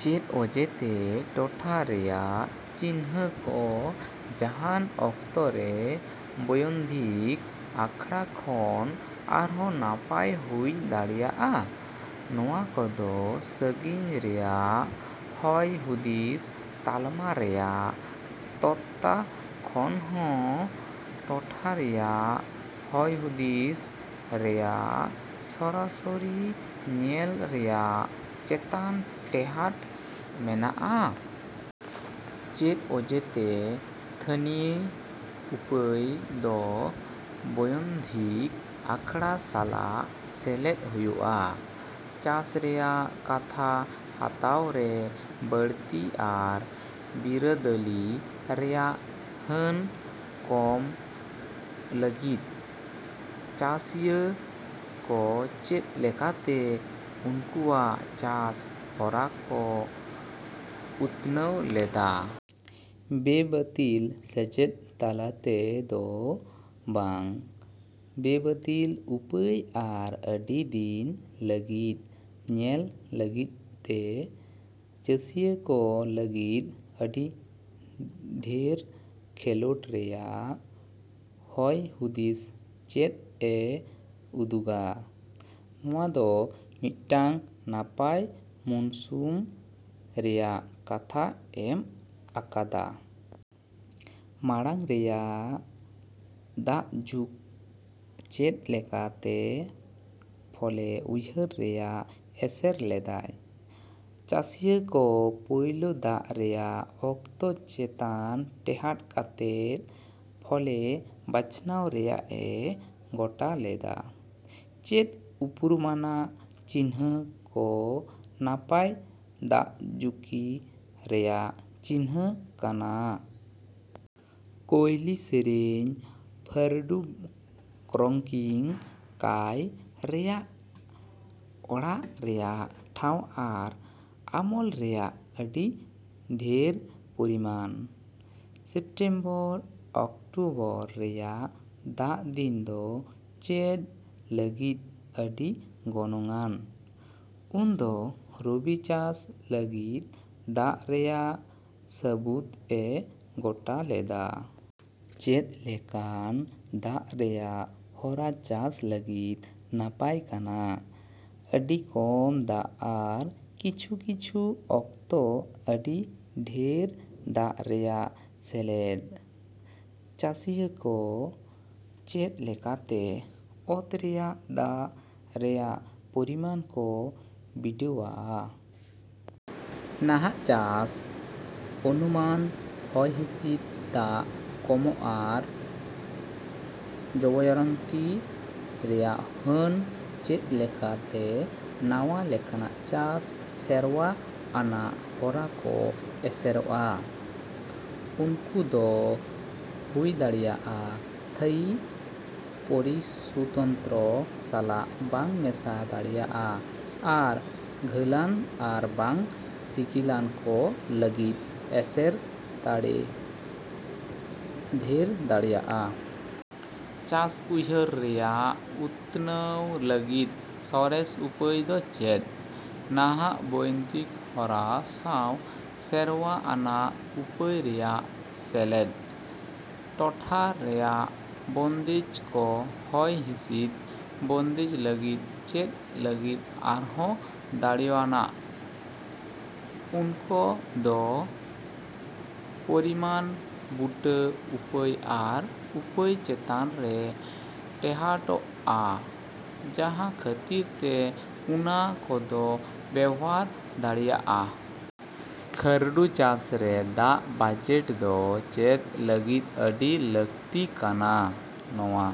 ᱪᱮᱫ ᱚᱡᱮᱛᱮ ᱴᱚᱴᱷᱟ ᱨᱮᱭᱟᱜ ᱪᱤᱱᱦᱟᱹ ᱠᱚ ᱡᱟᱦᱟᱱ ᱚᱠᱛᱮ ᱨᱮ ᱵᱳᱭᱱᱫᱷᱤᱠ ᱟᱠᱷᱟᱲᱟ ᱠᱷᱚᱱ ᱟᱨᱦᱚᱸ ᱱᱟᱯᱟᱭ ᱦᱩᱭ ᱫᱟᱲᱮᱭᱟᱜᱼᱟ? ᱱᱚᱶᱟ ᱠᱚᱫᱚ ᱥᱟᱹᱜᱤᱧ ᱨᱮᱭᱟᱜ ᱦᱚᱭᱦᱩᱫᱤᱥ ᱛᱟᱞᱢᱟ ᱨᱮᱭᱟᱜ ᱛᱚᱛᱛᱟ ᱠᱷᱚᱱ ᱦᱚᱸ ᱴᱚᱴᱷᱟ ᱨᱮᱭᱟᱜ ᱦᱚᱭᱦᱩᱫᱤᱥ ᱨᱮᱭᱟᱜ ᱥᱚᱨᱟᱥᱚᱨᱤ ᱧᱮᱞ ᱨᱮᱭᱟᱜ ᱪᱮᱛᱟᱱ ᱴᱮᱦᱟᱴ ᱢᱮᱱᱟᱜᱼᱟ ᱾ ᱪᱮᱫ ᱚᱡᱮᱛᱮ ᱛᱷᱟᱭᱤ ᱩᱯᱟᱹᱭ ᱫᱚ ᱵᱳᱭᱱᱫᱷᱤᱠ ᱟᱠᱷᱟᱲᱟ ᱥᱟᱞᱟᱜ ᱥᱮᱞᱮᱫ ᱦᱳᱭᱳᱜᱼᱟ ᱾ ᱪᱟᱥ ᱨᱮᱭᱟᱜ ᱠᱟᱛᱷᱟ ᱦᱟᱛᱟᱣ ᱨᱮ ᱵᱟᱹᱲᱛᱤ ᱟᱨ ᱵᱤᱨᱟᱹᱫᱟᱹᱞᱤ ᱨᱮᱭᱟᱜ ᱦᱟᱹᱱ ᱠᱚᱢ ᱞᱟᱹᱜᱤᱫ ᱾ ᱪᱟᱥᱤᱭᱟᱹ ᱠᱚ ᱪᱮᱫ ᱞᱮᱠᱟᱛᱮ ᱩᱱᱠᱩᱭᱟᱜ ᱪᱟᱥ ᱦᱚᱨᱟ ᱠᱚ ᱩᱛᱱᱟᱹᱣ ᱞᱮᱫᱟ ᱾ ᱵᱮᱼᱵᱟᱹᱛᱤᱞ ᱥᱮᱪᱮᱫ ᱛᱟᱞᱟᱛᱮ ᱫᱚ ᱵᱟᱝ, ᱵᱮᱼᱵᱟᱹᱛᱤᱞ ᱩᱯᱟᱹᱭ ᱟᱨ ᱟᱹᱰᱤ ᱫᱤᱱ ᱞᱟᱹᱜᱤᱫ ᱧᱮᱞ ᱞᱟᱹᱜᱤᱫ ᱛᱮ ᱾ ᱪᱟᱥᱤᱭᱟᱹ ᱠᱚ ᱞᱟᱹᱜᱤᱫ ᱟᱹᱰᱤ ᱰᱷᱮᱨ ᱠᱷᱮᱹᱞᱳᱰ ᱨᱮᱭᱟᱜ ᱦᱚᱭᱦᱩᱫᱤᱥ ᱪᱮᱫ ᱮ ᱩᱫᱩᱜᱟ? ᱱᱚᱶᱟ ᱫᱚ ᱢᱤᱫᱴᱟᱝ ᱱᱟᱯᱟᱭ ᱢᱩᱱᱥᱩᱢ ᱨᱮᱭᱟᱜ ᱠᱟᱛᱷᱟ ᱮᱢ ᱟᱠᱟᱫᱟ ᱾ ᱢᱟᱲᱟᱝ ᱨᱮᱭᱟᱜ ᱫᱟᱜᱡᱩᱠ ᱪᱮᱫ ᱞᱮᱠᱟᱛᱮ ᱯᱷᱚᱞᱮ ᱩᱭᱦᱟᱹᱨ ᱨᱮᱭᱟᱜ ᱮᱥᱮᱨ ᱞᱮᱫᱟᱭ ᱾ ᱪᱟᱥᱤᱭᱟᱹ ᱠᱚ ᱯᱳᱭᱞᱳ ᱫᱟᱜ ᱨᱮᱭᱟᱜ ᱚᱠᱛᱚ ᱪᱮᱛᱟᱱ ᱴᱮᱦᱟᱴ ᱠᱟᱛᱮ ᱯᱷᱚᱞᱮ ᱵᱟᱪᱷᱱᱟᱣ ᱨᱮᱭᱟᱜ ᱮ ᱜᱚᱴᱟ ᱞᱮᱫᱟ ᱾ ᱪᱮᱫ ᱩᱯᱨᱩᱢᱟᱱᱟᱜ ᱪᱤᱱᱦᱟᱹ ᱠᱚ ᱱᱟᱯᱟᱭ ᱫᱟᱜᱡᱩᱠᱤ ᱨᱮᱭᱟᱜ ᱪᱤᱱᱦᱟᱹ ᱠᱟᱱᱟ? ᱠᱳᱭᱞᱤ ᱥᱮᱹᱨᱮᱹᱧ, ᱯᱷᱟᱹᱨᱰᱩ ᱠᱨᱚᱠᱤᱝ, ᱠᱟᱣ ᱨᱮᱭᱟᱜ ᱚᱲᱟᱜ ᱨᱮᱭᱟᱜ ᱴᱷᱟᱶ ᱟᱨ ᱟᱢᱚᱞ ᱨᱮᱭᱟᱜ ᱟᱹᱰᱤ ᱰᱷᱮᱨ ᱯᱚᱨᱤᱢᱟᱱ ᱾ ᱥᱮᱯᱴᱮᱢᱵᱚᱨᱼ ᱚᱠᱴᱳᱵᱚᱨ ᱨᱮᱭᱟᱜ ᱫᱟᱜ ᱫᱤᱱ ᱫᱚ ᱪᱮᱫ ᱞᱟᱹᱜᱤᱫ ᱟᱹᱰᱤ ᱜᱚᱱᱚᱝ ᱟᱱ? ᱩᱱ ᱫᱚ ᱨᱚᱵᱤ ᱪᱟᱥ ᱞᱟᱹᱜᱤᱫ ᱫᱟᱜ ᱨᱮᱭᱟᱜ ᱥᱟᱹᱵᱩᱫ ᱮ ᱜᱚᱴᱟ ᱞᱮᱫᱟ ᱾ ᱪᱮᱫ ᱞᱮᱠᱟᱱ ᱫᱟᱜ ᱨᱮᱭᱟᱜ ᱦᱚᱨᱟ ᱪᱟᱥ ᱞᱟᱹᱜᱤᱫ ᱱᱟᱯᱟᱭ ᱠᱟᱱᱟ? ᱟᱹᱰᱤ ᱠᱚᱢ ᱫᱟᱜ ᱟᱨ ᱠᱤᱪᱷᱩ ᱠᱤᱪᱷᱩ ᱚᱠᱛᱚ ᱟᱹᱰᱤ ᱰᱷᱮᱨ ᱫᱟᱜ ᱨᱮᱭᱟᱜ ᱥᱮᱞᱮᱫ ᱾ ᱪᱟᱥᱤᱭᱟᱹ ᱠᱚ ᱪᱮᱫ ᱞᱮᱠᱟᱛᱮ ᱚᱛ ᱨᱮᱭᱟᱜ ᱫᱟᱜ ᱨᱮᱭᱟᱜ ᱯᱚᱨᱤᱢᱟᱱ ᱠᱚ ᱵᱤᱰᱟᱹᱣᱼᱟ? ᱱᱟᱦᱟᱜ ᱪᱟᱥ, ᱚᱱᱩᱢᱟᱹᱱ ᱦᱚᱭᱦᱤᱥᱤᱫ, ᱫᱟᱜ ᱠᱚᱢᱚᱜ ᱟᱨ ᱡᱚᱵᱚᱭᱟᱨᱚᱱᱛᱤ ᱨᱮᱭᱟᱜ ᱦᱟᱹᱱ ᱾ ᱪᱮᱫ ᱞᱮᱠᱟᱛᱮ ᱱᱟᱶᱟ ᱞᱮᱠᱟᱱ ᱪᱟᱥ ᱥᱮᱨᱣᱟ ᱟᱱᱟᱜ ᱦᱚᱨᱟ ᱠᱚ ᱮᱥᱮᱨᱼᱟ? ᱩᱱᱠᱩ ᱫᱚ ᱦᱩᱭᱫᱟᱲᱮᱭᱟᱜᱼᱟ ᱛᱷᱟᱭᱤ ᱯᱚᱨᱤᱥᱩᱛᱚᱱᱛᱚᱨᱚ ᱥᱟᱞᱟᱜ ᱵᱟᱝ ᱢᱮᱥᱟ ᱫᱟᱲᱮᱭᱟᱜᱼᱟ ᱟᱨ ᱜᱷᱟᱹᱞᱟᱱ ᱟᱨ ᱵᱟᱝ ᱥᱤᱜᱤᱞᱟᱱ ᱠᱚ ᱞᱟᱹᱜᱤᱫ ᱮᱥᱮᱨ ᱫᱟᱲᱮ ᱰᱷᱮᱨ ᱫᱟᱲᱮᱭᱟᱜᱼᱟ ᱾ ᱪᱟᱥ ᱩᱭᱦᱟᱹᱨ ᱨᱮᱭᱟᱜ ᱩᱛᱱᱟᱹᱣ ᱞᱟᱹᱜᱤᱫ ᱥᱚᱨᱮᱥ ᱩᱯᱟᱹᱭ ᱫᱚ ᱪᱮᱫ? ᱱᱟᱦᱟᱜ ᱵᱳᱭᱫᱽᱛᱤᱠ ᱦᱚᱨᱟ ᱥᱟᱶ ᱥᱮᱨᱣᱟ ᱟᱱᱟᱜ ᱩᱯᱟᱹᱭ ᱨᱮᱭᱟᱜ ᱥᱮᱞᱮᱫ ᱾ ᱴᱚᱴᱷᱟ ᱨᱮᱭᱟᱜ ᱵᱚᱱᱫᱮᱡ ᱠᱚ ᱦᱚᱭ ᱦᱤᱥᱤᱫ ᱵᱚᱱᱫᱮᱡ ᱞᱟᱹᱜᱤᱫ ᱪᱮᱫ ᱞᱟᱹᱜᱤᱫ ᱟᱨᱦᱚᱸ ᱫᱟᱲᱮᱹᱣᱟᱱᱟᱜ? ᱩᱱᱠᱚ ᱫᱚ ᱯᱚᱨᱤᱢᱟᱱᱼᱵᱩᱴᱟᱹ ᱩᱯᱟᱹᱭ ᱟᱨ ᱩᱯᱟᱹᱭ ᱪᱮᱛᱟᱱ ᱨᱮ ᱴᱮᱦᱟᱴᱚᱜᱼᱟ, ᱡᱟᱦᱟᱸ ᱠᱷᱟᱹᱛᱤᱨ ᱛᱮ ᱩᱱᱟ ᱠᱚᱫᱚ ᱵᱮᱣᱦᱟᱨ ᱫᱟᱲᱮᱹᱭᱟᱜᱼᱟ ᱾ ᱠᱷᱟᱹᱨᱰᱩ ᱪᱟᱥ ᱨᱮ ᱫᱟᱜ ᱵᱟᱡᱮᱴ ᱫᱚ ᱪᱮᱫ ᱞᱟᱹᱜᱤᱫ ᱟᱹᱰᱤ ᱞᱟᱹᱠᱛᱤ ᱠᱟᱱᱟ? ᱱᱚᱶᱟ